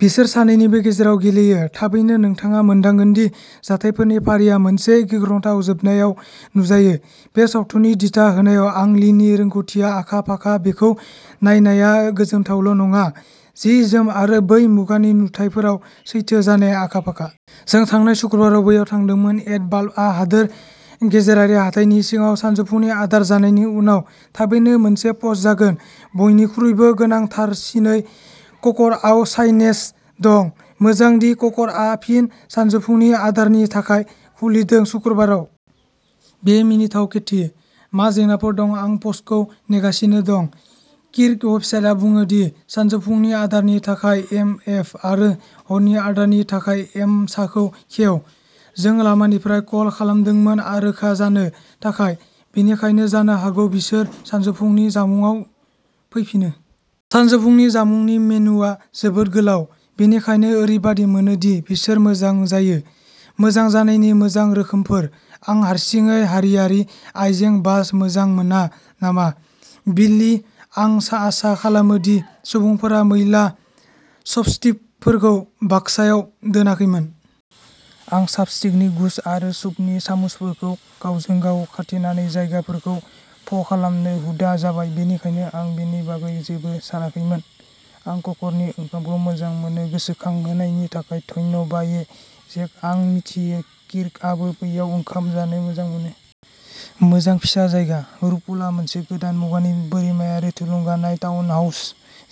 बिसोर सानैनिबो गेजेराव गेलेयो। थाबैनो, नोंथाङा मोनदांगोन दि जाथायफोरनि फारिया मोनसे गिख्रंथाव जोबनायाव नुजायो। बे सावथुननि दिथा होनायाव आं लीनि रोंग'थिआ आखा फाखा बेखौ नायनाया गोजोनथावल' नङा जि जोम आरो बै मुगानि नुथायफोराव सैथो जानाया आखा-फाखा। जों थांनाय सुक्रुबाराव बैयाव थांदोंमोन एड बालब'आ हादोर गेजेरारि हाथाइनि सिङाव सानजौफुनि आदार जानायनि उनाव। थाबैनो मोनसे पस्ट जागोन। बयनिख्रुइबो गोनांथारसिनै क'कर'आव साइनेज दं! मोजां दि क'कर'आ फिन सानजौफुनि आदारनि थाखाय खुलिदों शुक्रबारावल'। बेयो मिनिथाव, केथी। मा जेंनाफोर दं आं पस्टखौ नेगासिनो दं। किर्क, वेबसाइटआ बुङो दि सानजौफुनि आदारनि थाखाय एम एफ आरो हरनि आदारनि थाखाय एमसाखौ खेव। जों लामानिफ्राय कल खालामदोंमोन रोखा जानो थाखाय। बेनिखायनो जानो हागौ बिसोर सानजौफुनि जामुंआव फैफिनो। सानजौफुनि जामुंनि मेन्युआ जोबोद गोलाव, बेनिखायनो ओरैबादि मोनो दि बिसोर मोजां जायो। मोजां जानायनि मोजां रोखोमफोर। आं हारसिङै हारियारि आयजें-बासन मोजां मोना नामा बिलि आं आसा खालामो दि सुबुंफोरा मैला चपस्टिकफोरखौ बाक्सायाव दोनाखैमोन। आं चापस्टिकनि गुच्छ आरो सुपनि सामुसफोरखौ गावजों गाव खाथेनानै जायगाफोरखौ फ'खालामनो हुदा जाबाय बेनिखायनो आं बेनि बागै जेबो सानाखैमोन। आं क'कर'नि ओंखामखौ मोजां मोनो! गोसोखांहोनायनि थाखाय धन्यबा ये जेक आं मिथियो किर्कआबो बैयाव ओंखाम जानो मोजां मोनो। मोजां फिसा जायगा। रकपुलआ मोनसे गोदान मुगानि बोरिमायारि थुलुंगानाय टाउनहाउस,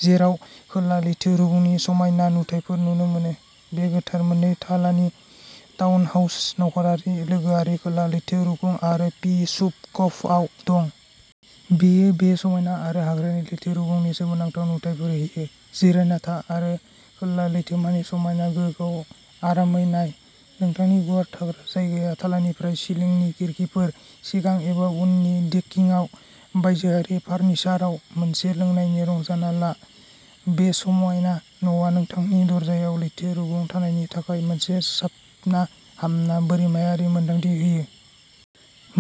जेराव खोला लैथो रुगुंनि समायना नुथायफोर नुनो मोनो। बे गोथार मोननै थालानि टाउनहाउसा नखरारि लोगोआरि खोला लैथो रुगुं आरो पी सुप कभआव दं। बेयो बे समायना आरो हाग्रानि लैथो रुगुंनि सोमोनांथाव नुथायफोर होयो। जिरायना था आरो खोला लैथोमानि समायना गोहोखौ आरामै नाय। नोंथांनि गुवार थाग्रा जायगाया थालानिफ्राय सिलिंनि खिरखिफोर। सिगां एबा उननि देकिंआव बायजोआरि फार्निचाराव मोनसे लोंनायनि रंजानाय ला बे समायना न'आ नोंथांनि दरजायाव लैथो रुगुं थानायनि थाखाय मोनसे साबना-हामना बोरिमायारि मोनदांथि होयो।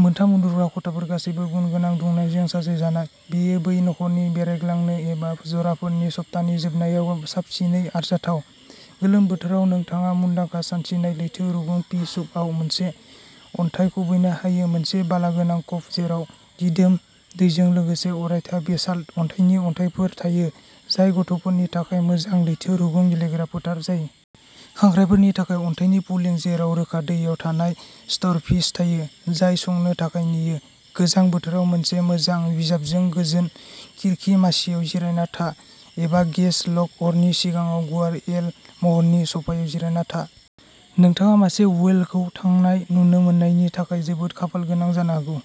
मोन थाम उन्दुग्रा खथाफोर गासैबो गुनगोनां दुंनायजों साजायजानाय, बेयो बै नखरनि बेरायग्लांनो एबा जराफोरनि सप्तानि जोबनायाव साबसिनै आरजाथाव। गोलोम बोथोराव नोंथाङा मुंदांखा सानस्रिनाय लैथो रुगुं पि सूपआव मोनसे अन्थाइ खुबैनो हायो मोनसे बालागोनां क'भ जेराव दिदोम दैजों लोगोसे अरायथा बेसाल्ट अन्थाइनि अन्थाइफोर थायो जाय गथ'फोरनि थाखाय मोजां लैथो रुगुं गेलेग्रा फोथार जायो। खांख्रायफोरनि थाखाय अन्थाइनि पुलिं जेराव रोखा दैयाव थानाय स्टारफिश थायो, जाय संनो थाखाय नेयो। गोजां बोथोराव, मोनसे मोजां बिजाबजों गोजोन खिरखि मासिआव जिरायना था एबा गेस लग अरनि सिगाङाव गुवार एल महरनि स'फायाव जिरायना था। नोंथाङा मासे व्हेलखौ थांनाय नुनो मोन्नायनि थाखाय जोबोद खाफालगोनां जानो हागौ।